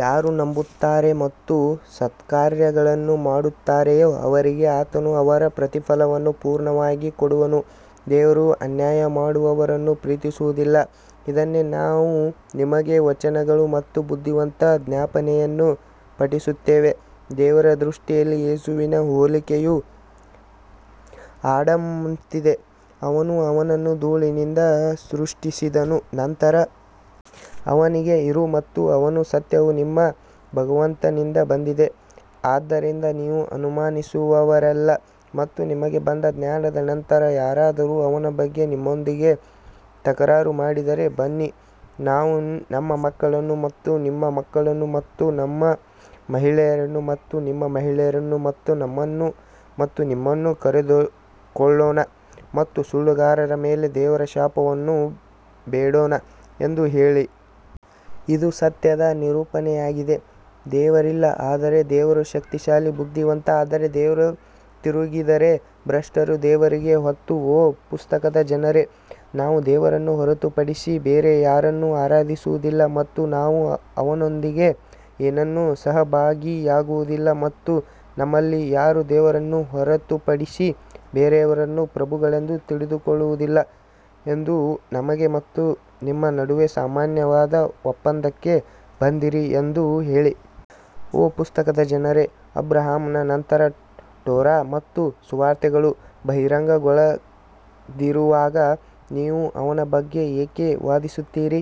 ಯಾರು ನಂಬುತ್ತಾರೆ ಮತ್ತು ಸತ್ಕಾರ್ಯಗಳನ್ನು ಮಾಡುತ್ತಾರೆಯೋ ಅವರಿಗೆ ಆತನು ಅವರ ಪ್ರತಿಫಲವನ್ನು ಪೂರ್ಣವಾಗಿ ಕೊಡುವನು ದೇವರು ಅನ್ಯಾಯ ಮಾಡುವವರನ್ನು ಪ್ರೀತಿಸುವುದಿಲ್ಲ ಇದನ್ನೇ ನಾವು ನಿಮಗೆ ವಚನಗಳು ಮತ್ತು ಬುದ್ಧಿವಂತ ಜ್ಞಾಪನೆಯನ್ನು ಪಠಿಸುತ್ತೇವೆ ದೇವರ ದೃಷ್ಟಿಯಲ್ಲಿ ಯೇಸುವಿನ ಹೋಲಿಕೆಯು ಆಡಮ್ನಂತಿದೆ, ಅವನು ಅವನನ್ನು ಧೂಳಿನಿಂದ ಸೃಷ್ಟಿಸಿದನು ನಂತರ ಅವನಿಗೆ ಇರು ಮತ್ತು ಅವನು ಸತ್ಯವು ನಿಮ್ಮ ಭಗವಂತನಿಂದ ಬಂದಿದೆ ಆದ್ದರಿಂದ ನೀವು ಅನುಮಾನಿಸುವವರಲ್ಲ ಮತ್ತು ನಿಮಗೆ ಬಂದ ಜ್ಞಾನದ ನಂತರ ಯಾರಾದರೂ ಅವನ ಬಗ್ಗೆ ನಿಮ್ಮೊಂದಿಗೆ ತಕರಾರು ಮಾಡಿದರೆ, ಬನ್ನಿ ನಾವು ನಮ್ಮ ಮಕ್ಕಳನ್ನು ಮತ್ತು ನಿಮ್ಮ ಮಕ್ಕಳನ್ನು ಮತ್ತು ನಮ್ಮ ಮಹಿಳೆಯರನ್ನು ಮತ್ತು ನಿಮ್ಮ ಮಹಿಳೆಯರನ್ನು ಮತ್ತು ನಮ್ಮನ್ನು ಮತ್ತು ನಿಮ್ಮನ್ನು ಕರೆದುಕೊಳ್ಳೋಣ ಮತ್ತು ಸುಳ್ಳುಗಾರರ ಮೇಲೆ ದೇವರ ಶಾಪವನ್ನು ಬೇಡೋಣ ಎಂದು ಹೇಳಿ. ಇದು ಸತ್ಯದ ನಿರೂಪಣೆಯಾಗಿದೆ ದೇವರಿಲ್ಲ ಆದರೆ ದೇವರು ಶಕ್ತಿಶಾಲಿ ಬುದ್ಧಿವಂತ ಆದರೆ ಅವರು ತಿರುಗಿದರೆ ಭ್ರಷ್ಟರು ದೇವರಿಗೆ ಗೊತ್ತು ಓ ಪುಸ್ತಕದ ಜನರೇ, ನಾವು ದೇವರನ್ನು ಹೊರತುಪಡಿಸಿ ಬೇರೆ ಯಾರನ್ನೂ ಆರಾಧಿಸುವುದಿಲ್ಲ ಮತ್ತು ನಾವು ಅವನೊಂದಿಗೆ ಏನನ್ನೂ ಸಹಭಾಗಿಯಾಗುವುದಿಲ್ಲ ಮತ್ತು ನಮ್ಮಲ್ಲಿ ಯಾರೂ ದೇವರನ್ನು ಹೊರತುಪಡಿಸಿ ಬೇರೆಯವರನ್ನು ಪ್ರಭುಗಳೆಂದು ತೆಗೆದುಕೊಳ್ಳುವುದಿಲ್ಲ ಎಂದು ನಮಗೆ ಮತ್ತು ನಿಮ್ಮ ನಡುವೆ ಸಾಮಾನ್ಯವಾದ ಒಪ್ಪಂದಕ್ಕೆ ಬಂದಿರಿ ಎಂದು ಹೇಳಿ. ಓ ಪುಸ್ತಕದ ಜನರೇ, ಅಬ್ರಹಾಮನ ನಂತರ ಟೋರಾ ಮತ್ತು ಸುವಾರ್ತೆಗಳು ಬಹಿರಂಗಗೊಳ್ಳದಿರುವಾಗ ನೀವು ಅವನ ಬಗ್ಗೆ ಏಕೆ ವಾದಿಸುತ್ತೀರಿ?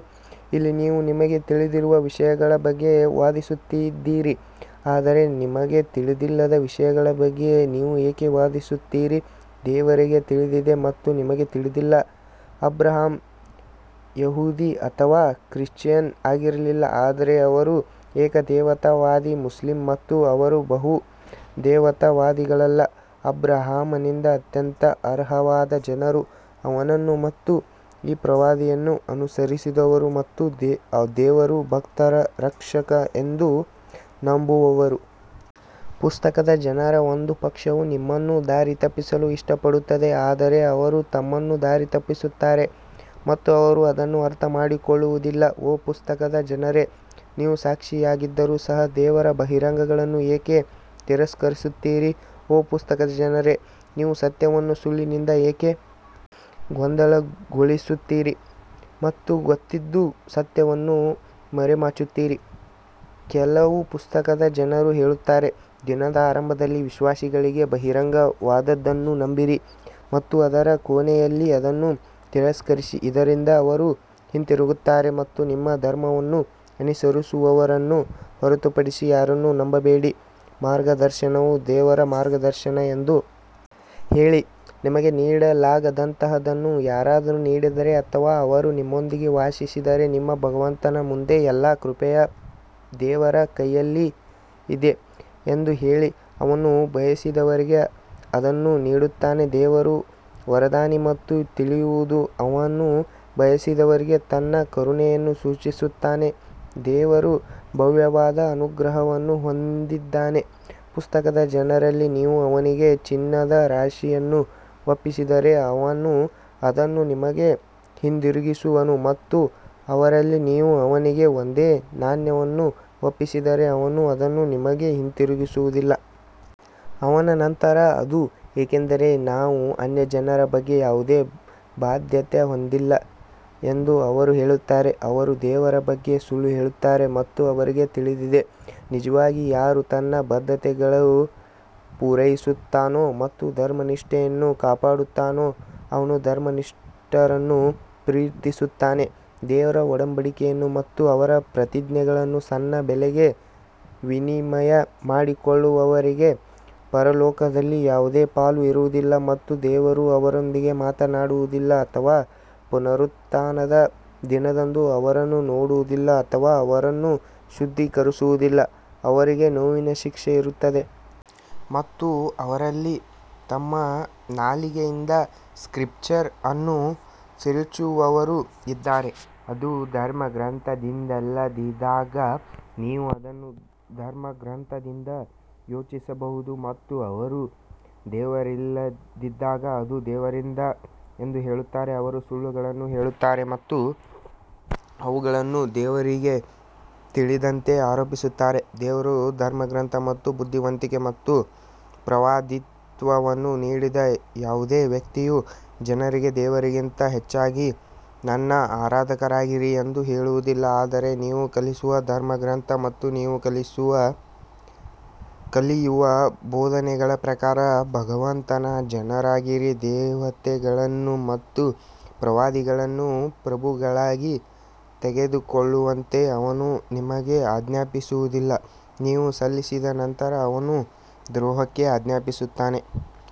ಇಲ್ಲಿ ನೀವು ನಿಮಗೆ ತಿಳಿದಿರುವ ವಿಷಯಗಳ ಬಗ್ಗೆ ವಾದಿಸುತ್ತಿದ್ದೀರಿ ಆದರೆ ನಿಮಗೆ ತಿಳಿದಿಲ್ಲದ ವಿಷಯಗಳ ಬಗ್ಗೆ ನೀವು ಏಕೆ ವಾದಿಸುತ್ತೀರಿ ದೇವರಿಗೆ ತಿಳಿದಿದೆ ಮತ್ತು ನಿಮಗೆ ತಿಳಿದಿಲ್ಲ ಅಬ್ರಹಾಂ ಯಹೂದಿ ಅಥವಾ ಕ್ರಿಶ್ಚಿಯನ್ ಆಗಿರಲಿಲ್ಲ ಆದರೆ ಅವರು ಏಕದೇವತಾವಾದಿ ಮುಸ್ಲಿಂ ಮತ್ತು ಅವರು ಬಹುದೇವತಾವಾದಿಗಳಲ್ಲ ಅಬ್ರಹಾಮನಿಗೆ ಅತ್ಯಂತ ಅರ್ಹವಾದ ಜನರು ಅವನನ್ನು ಮತ್ತು ಈ ಪ್ರವಾದಿಯನ್ನು ಅನುಸರಿಸಿದವರು ಮತ್ತು ದೇವರು ಭಕ್ತರ ರಕ್ಷಕ ಎಂದು ನಂಬುವವರು. ಪುಸ್ತಕದ ಜನರ ಒಂದು ಪಕ್ಷವು ನಿಮ್ಮನ್ನು ದಾರಿತಪ್ಪಿಸಲು ಇಷ್ಟಪಡುತ್ತದೆ ಆದರೆ ಅವರು ತಮ್ಮನ್ನು ದಾರಿ ತಪ್ಪಿಸುತ್ತಾರೆ ಮತ್ತು ಅವರು ಅದನ್ನು ಅರ್ಥಮಾಡಿಕೊಳ್ಳುವುದಿಲ್ಲ ಓ ಪುಸ್ತಕದ ಜನರೇ, ನೀವು ಸಾಕ್ಷಿಯಾಗಿದ್ದರೂ ಸಹ ದೇವರ ಬಹಿರಂಗಗಳನ್ನು ಏಕೆ ತಿರಸ್ಕರಿಸುತ್ತೀರಿ ಓ ಪುಸ್ತಕದ ಜನರೇ, ನೀವು ಸತ್ಯವನ್ನು ಸುಳ್ಳಿನಿಂದ ಏಕೆ ಗೊಂದಲಗೊಳಿಸುತ್ತೀರಿ ಮತ್ತು ಗೊತ್ತಿದ್ದೂ ಸತ್ಯವನ್ನು ಮರೆಮಾಚುತ್ತೀರಿ ಕೆಲವು ಪುಸ್ತಕದ ಜನರು ಹೇಳುತ್ತಾರೆ, ದಿನದ ಆರಂಭದಲ್ಲಿ ವಿಶ್ವಾಸಿಗಳಿಗೆ ಬಹಿರಂಗವಾದದ್ದನ್ನು ನಂಬಿರಿ ಮತ್ತು ಅದರ ಕೊನೆಯಲ್ಲಿ ಅದನ್ನು ತಿರಸ್ಕರಿಸಿ ಇದರಿಂದ ಅವರು ಹಿಂತಿರುಗುತ್ತಾರೆ ಮತ್ತು ನಿಮ್ಮ ಧರ್ಮವನ್ನು ಅನುಸರಿಸುವವರನ್ನು ಹೊರತುಪಡಿಸಿ ಯಾರನ್ನೂ ನಂಬಬೇಡಿ, ಮಾರ್ಗದರ್ಶನವು ದೇವರ ಮಾರ್ಗದರ್ಶನ ಎಂದು ಹೇಳಿ, ನಿಮಗೆ ನೀಡಲಾದಂತಹದನ್ನು ಯಾರಾದರೂ ನೀಡಿದರೆ ಅಥವಾ ಅವರು ನಿಮ್ಮೊಂದಿಗೆ ವಾದಿಸಿದರೆ ನಿಮ್ಮ ಭಗವಂತನ ಮುಂದೆ ಎಲ್ಲಾ ಕೃಪೆಯು ದೇವರ ಕೈಯಲ್ಲಿದೆ ಎಂದು ಹೇಳಿ ಅವನು ಬಯಸಿದವರಿಗೆ ಅದನ್ನು ನೀಡುತ್ತಾನೆ ದೇವರು ವರದಾನಿ ಮತ್ತು ತಿಳಿಯುವುದು ಅವನು ಬಯಸಿದವರಿಗೆ ತನ್ನ ಕರುಣೆಯನ್ನು ಸೂಚಿಸುತ್ತಾನೆ ದೇವರು ಭವ್ಯವಾದ ಅನುಗ್ರಹವನ್ನು ಹೊಂದಿದ್ದಾನೆ ಪುಸ್ತಕದ ಜನರಲ್ಲಿ ನೀವು ಅವನಿಗೆ ಚಿನ್ನದ ರಾಶಿಯನ್ನು ಒಪ್ಪಿಸಿದರೆ ಅವನು ಅದನ್ನು ನಿಮಗೆ ಹಿಂದಿರುಗಿಸುವನು ಮತ್ತು ಅವರಲ್ಲಿ ನೀವು ಅವನಿಗೆ ಒಂದೇ ನಾಣ್ಯವನ್ನು ಒಪ್ಪಿಸಿದರೆ ಅವನು ಅದನ್ನು ನಿಮಗೆ ಹಿಂತಿರುಗಿಸುವುದಿಲ್ಲ. ಅವನ ನಂತರ ಅದು ಏಕೆಂದರೆ ನಾವು ಅನ್ಯಜನರ ಬಗ್ಗೆ ಯಾವುದೇ ಬಾಧ್ಯತೆ ಹೊಂದಿಲ್ಲ ಎಂದು ಅವರು ಹೇಳುತ್ತಾರೆ ಅವರು ದೇವರ ಬಗ್ಗೆ ಸುಳ್ಳು ಹೇಳುತ್ತಾರೆ ಮತ್ತು ಅವರಿಗೆ ತಿಳಿದಿದೆ ನಿಜವಾಗಿ ಯಾರು ತನ್ನ ಬದ್ಧತೆಗಳನ್ನು ಪೂರೈಸುತ್ತಾನೋ ಮತ್ತು ಧರ್ಮನಿಷ್ಠೆಯನ್ನು ಕಾಪಾಡುತ್ತಾನೋ ಅವನು ಧರ್ಮನಿಷ್ಠರನ್ನು ಪ್ರೀತಿಸುತ್ತಾನೆ ದೇವರ ಒಡಂಬಡಿಕೆಯನ್ನು ಮತ್ತು ಅವರ ಪ್ರತಿಜ್ಞೆಗಳನ್ನು ಸಣ್ಣ ಬೆಲೆಗೆ ವಿನಿಮಯ ಮಾಡಿಕೊಳ್ಳುವವರಿಗೆ ಪರಲೋಕದಲ್ಲಿ ಯಾವುದೇ ಪಾಲು ಇರುವುದಿಲ್ಲ ಮತ್ತು ದೇವರು ಅವರೊಂದಿಗೆ ಮಾತನಾಡುವುದಿಲ್ಲ ಅಥವಾ ಪುನರುತ್ಥಾನದ ದಿನದಂದು ಅವರನ್ನು ನೋಡುವುದಿಲ್ಲ ಅಥವಾ ಅವರನ್ನು ಶುದ್ಧೀಕರಿಸುವುದಿಲ್ಲ, ಅವರಿಗೆ ನೋವಿನ ಶಿಕ್ಷೆ ಇರುತ್ತದೆ. ಮತ್ತು ಅವರಲ್ಲಿ ತಮ್ಮ ನಾಲಿಗೆಯಿಂದ ಸ್ಕ್ರಿಪ್ಚರ್ ಅನ್ನು ತಿರುಚುವವರೂ ಇದ್ದಾರೆ, ಅದು ಧರ್ಮಗ್ರಂಥದಿಂದಲ್ಲದಿದ್ದಾಗ ನೀವು ಅದನ್ನು ಧರ್ಮಗ್ರಂಥದಿಂದ ಯೋಚಿಸಬಹುದು ಮತ್ತು ಅವರು ಅದು ದೇವರಿಂದಲ್ಲದಿದ್ದಾಗ ಅದು ದೇವರಿಂದ ಎಂದು ಹೇಳುತ್ತಾರೆ ಅವರು ಸುಳ್ಳುಗಳನ್ನು ಹೇಳುತ್ತಾರೆ ಮತ್ತು ಅವುಗಳನ್ನು ದೇವರಿಗೆ ತಿಳಿದಂತೆ ಆರೋಪಿಸುತ್ತಾರೆ. ದೇವರು ಧರ್ಮಗ್ರಂಥ ಮತ್ತು ಬುದ್ಧಿವಂತಿಕೆ ಮತ್ತು ಪ್ರವಾದಿತ್ವವನ್ನು ನೀಡಿದ ಯಾವುದೇ ವ್ಯಕ್ತಿಯು ಜನರಿಗೆ ದೇವರಿಗಿಂತ ಹೆಚ್ಚಾಗಿ ನನ್ನ ಆರಾಧಕರಾಗಿರಿ ಎಂದು ಹೇಳುವುದಿಲ್ಲ ಆದರೆ ನೀವು ಕಲಿಸುವ ಧರ್ಮಗ್ರಂಥ ಮತ್ತು ನೀವು ಕಲಿಯುವ ಬೋಧನೆಗಳ ಪ್ರಕಾರ ಭಗವಂತನ ಜನರಾಗಿರಿ ದೇವತೆಗಳನ್ನು ಮತ್ತು ಪ್ರವಾದಿಗಳನ್ನು ಪ್ರಭುಗಳಾಗಿ ತೆಗೆದುಕೊಳ್ಳುವಂತೆ ಅವನು ನಿಮಗೆ ಆಜ್ಞಾಪಿಸುವುದಿಲ್ಲ, ನೀವು ಸಲ್ಲಿಸಿದ ನಂತರ ಅವನು ದ್ರೋಹಕ್ಕೆ ಆಜ್ಞಾಪಿಸುತ್ತಾನೆ.